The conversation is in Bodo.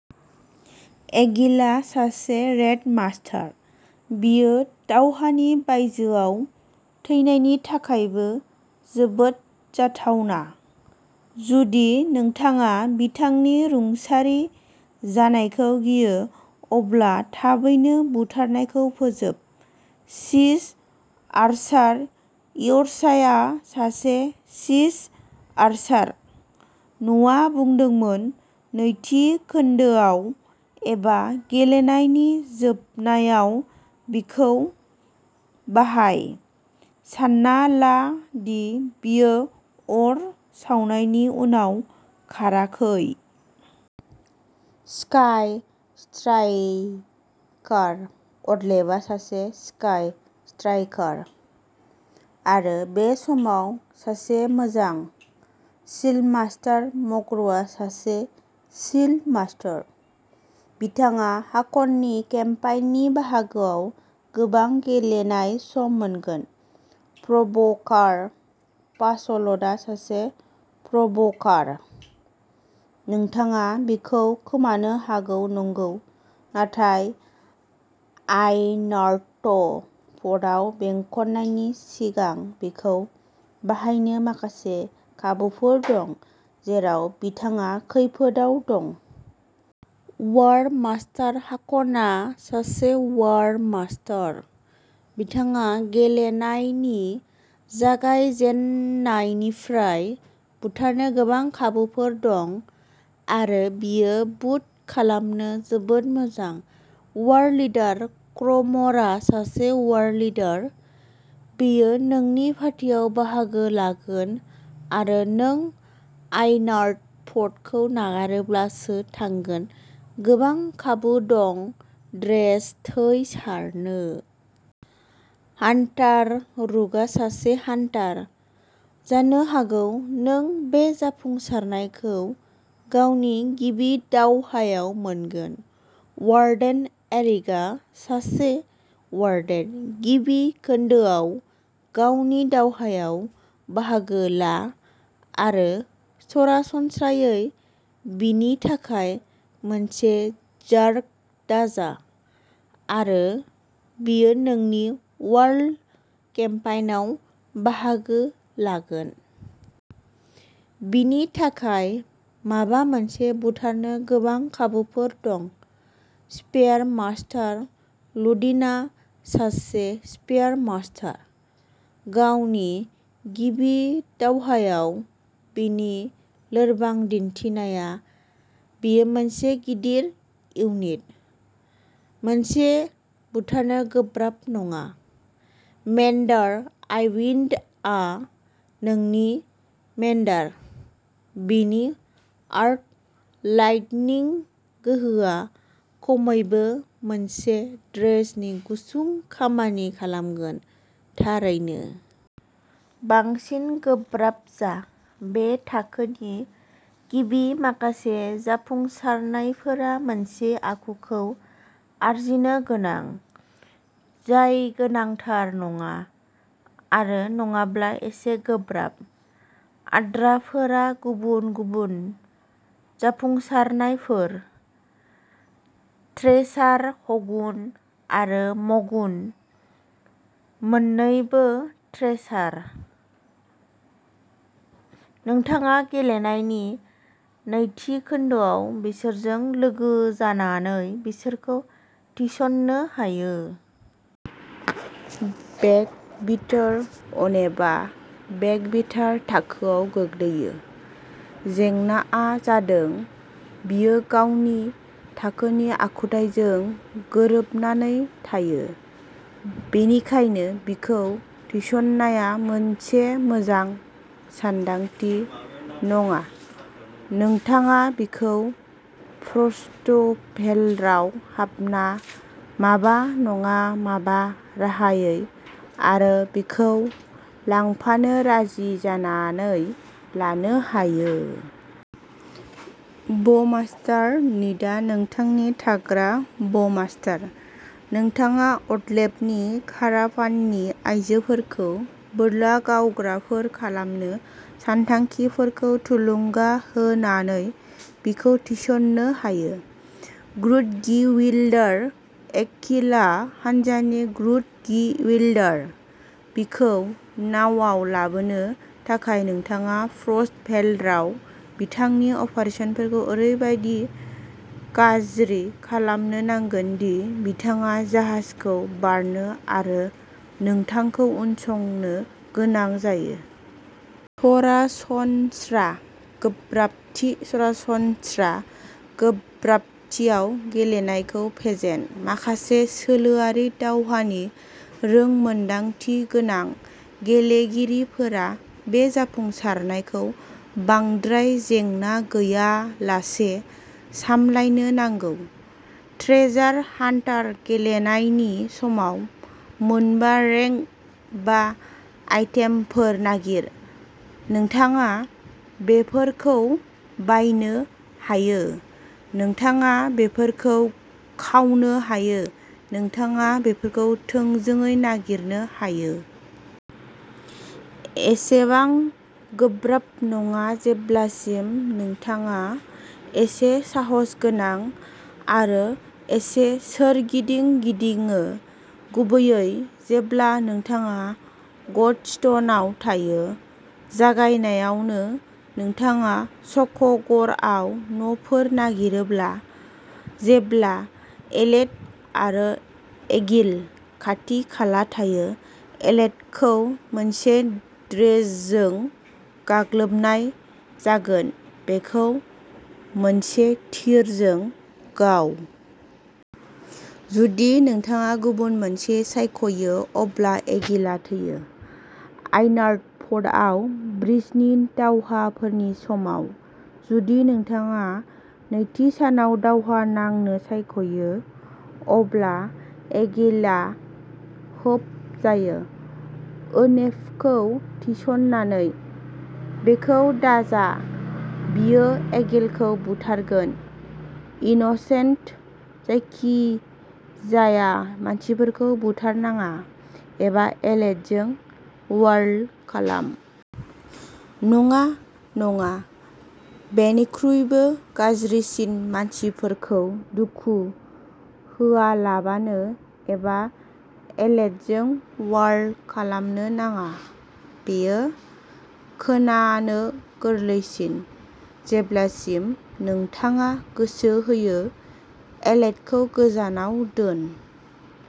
एगिलआ सासे रेइड मास्टार। बियो दावहानि बायजोआव थैनायनि थाखायबो जोबोद जाथावना। जुदि नोंथाङा बिथांनि रुंसारि जानायखौ गियो, अब्ला थाबैनो बुथारनायखौ फोजोब। सीज आर्चार-यर्साआ सासे सीज आर्चार। नुवा बुंदोंमोन नैथि खोन्दोआव एबा गेलेनायनि जोबनायाव बिखौ बाहाय, सान्ना ला दि बियो अर सावनायनि उनाव खाराखै। स्काई स्ट्राइकार-अडलेफआ सासे स्काई स्ट्राइकार, आरो बे समाव सासे मोजां। शील्डमास्टार-मग्रआ सासे शील्डमास्टार। बिथाङा हाकननि केम्पेइननि बाहागोआव गोबां गेलेनाय सम मोनगोन। प्र'भ'कार-फास'ल्टआ सासे प्र'भ'कार। नोंथाङा बिखौ खोमानो हागौ नंगौ, नाथाय आइनार्ट'फटआव बेंखननायनि सिगां बिखौ बाहायनो माखासे खाबुफोर दं, जेराव बिथाङा खैफोदआव दं। वार्मास्टार-हाक'नआ सासे वार्मास्टार। बिथाङा गेलेनायनि जागायजेन्नायनिफ्राय बुथारनो गोबां खाबुफोर दं, आरो बियो बुट खालामनो जोबोद मोजां। वारलिडार-क्रमरआ सासे वारलिडार। बियो नोंनि पार्टियाव बाहागो लागोन आरो नों आइनार्टफ्टखौ नागारोब्लासो थांगोन। गोबां खाबु दं ड्रेज थै सारनो। हान्टार-रुकआ सासे हान्टार। जानो हागौ नों बे जाफुंसारनायखौ गावनि गिबि दावहायाव मोनगोन। वार्डेन-एरिकआ सासे वार्डेन। गिबि खोन्दोआव गावनि दावहायाव बाहागो ला आरो सरासनस्रायै बिनि थाखाय मोनसे जार्क दाजा आरो बियो नोंनि वार्ल केम्पेइनआव बाहागो लागोन। बिनि थाखाय माबा मोनसे बुथारनो गोबां खाबुफोर दं। स्पियारमास्टार-लुडिनआ सासे स्पियारमास्टार। गावनि गिबि दावहायाव बिनि लोरबां दिन्थिनाया, बियो मोनसे गिदिर इउनिट। मोनसे बुथारनो गोब्राब नङा। मेन्डार-आइविन्डआ नोंनि मेन्डार। बिनि आर्क लाइटनिं गोहोआ खमैबो मोनसे ड्रेजनि गुसुं खामानि खालामगोन, थारैनो। बांसिन गोब्राब जा। बे थाखोनि गिबि माखासे जाफुंसारनायफोरा मोनसे आखुखौ आरजिनो गोनां, जाय गोनांथार नङा, आरो नङाब्ला एसे गोब्राब। आद्राफोरा गुबुन गुबुन जाफुंसारनायफोर। थ्रेसार-हगुन आरो मगुन मोननैबो थ्रेसार। नोंथाङा गेलेनायनि नैथि खोन्दोआव बिसोरजों लोगो जानानै बिसोरखौ थिसननो हायो। बेकबिटार-ओनेफआ बेकबिटार थाखोआव गोग्लैयो। जेंनाआ जादों, बियो गावनि थाखोनि आखुथाइजों गोरोबनानै थायो, बेनिखायनो बिखौ थिसननाया मोनसे मोजां सानदांथि नङा। नोंथाङा बिखौ फ्रस्टभेलराव हाबना, माबा नङा माबा राहायै, आरो बिखौ लांफानो राजि जानानै लानो हायो। ब'मास्टार-निडआ नोंथांनि थाग्रा ब'मास्टार। नोंथाङा अडलेफनि काराभाननि आयजोफोरखौ बोरला गावग्राफोर खालामनो सानथांखिफोरखौ थुलुंगा होनानै बिखौ थिसननो हायो। ग्रुडगिविल्डार-एककिलआ हानजानि ग्रुडगिविल्डार। बिखौ नावआव लाबोनो थाखाय नोंथाङा फ्रस्टभेलराव बिथांनि अपारेसनफोरखौ ओरैबायदि गाज्रि खालामनो नांगोन दि बिथाङा जाहाजखौ बारनो आरो नोंथांखौ उनसंनो गोनां जायो। सरासनस्रा गोब्राबथि-सरासनस्रा गोब्राबथियाव गेलेनायखौ फेजेन। माखासे सोलोआरि दावहानि रोंमोनदांथि गोनां गेलेगिरिफोरा बे जाफुंसारनायखौ बांद्राय जेंना गैयालासे सामलायनो नांगौ। ट्रेजार हान्टार-गेलेनायनि समाव मोनबा रेंक बा आइटेमफोर नागिर। नोंथाङा बेफोरखौ बायनो हायो, नोंथाङा बेफोरखौ खावनो हायो, नोंथाङा बेफोरखौ थोंजोङै नागिरनो हायो। एसेबां गोब्राब नङा जेब्लासिम नोंथाङा एसे साहसगोनां आरो एसे सोरगिदिं गिदिङो, गुबैयै जेब्ला नोंथाङा गडस्टनआव थायो। जागायनायावनो। नोंथाङा स्क'गरआव न'फोर नागिरोब्ला जेब्ला एलेट आरो एगिल खाथि-खाला थायो, एलेटखौ मोनसे ड्रेजजों गाग्लोबनाय जागोन। बेखौ मोनसे थिरजों गाव। जुदि नोंथाङा गुबुन मोनसे सायख'यो, अब्ला एगिलआ थैयो। आइनार्टफ्टआव ब्रिजनि दावहाफोरनि समाव। जुदि नोंथाङा नैथि सानाव दावहा नांनो सायख'यो, अब्ला एगिलआ होफ जायो। ओनेफखौ थिसननानै। बेखौ दाजा बियो एगिलखौ बुथारगोन। इनोसेन्ट-जायखिजाया मानसिफोरखौ बुथारनाङा एबा एलेटजों वार्ल खालाम। नङा, नङा, बेनिख्रुइबो गाज्रिसिन-मानसिफोरखौ दुखु होआलाबानो एबा एलेटजों वार्ल खालामनो नाङा। बेयो खोनानो गोरलैसिन, जेब्लासिम नोंथाङा गोसो होयो एलेटखौ गोजानाव दोन।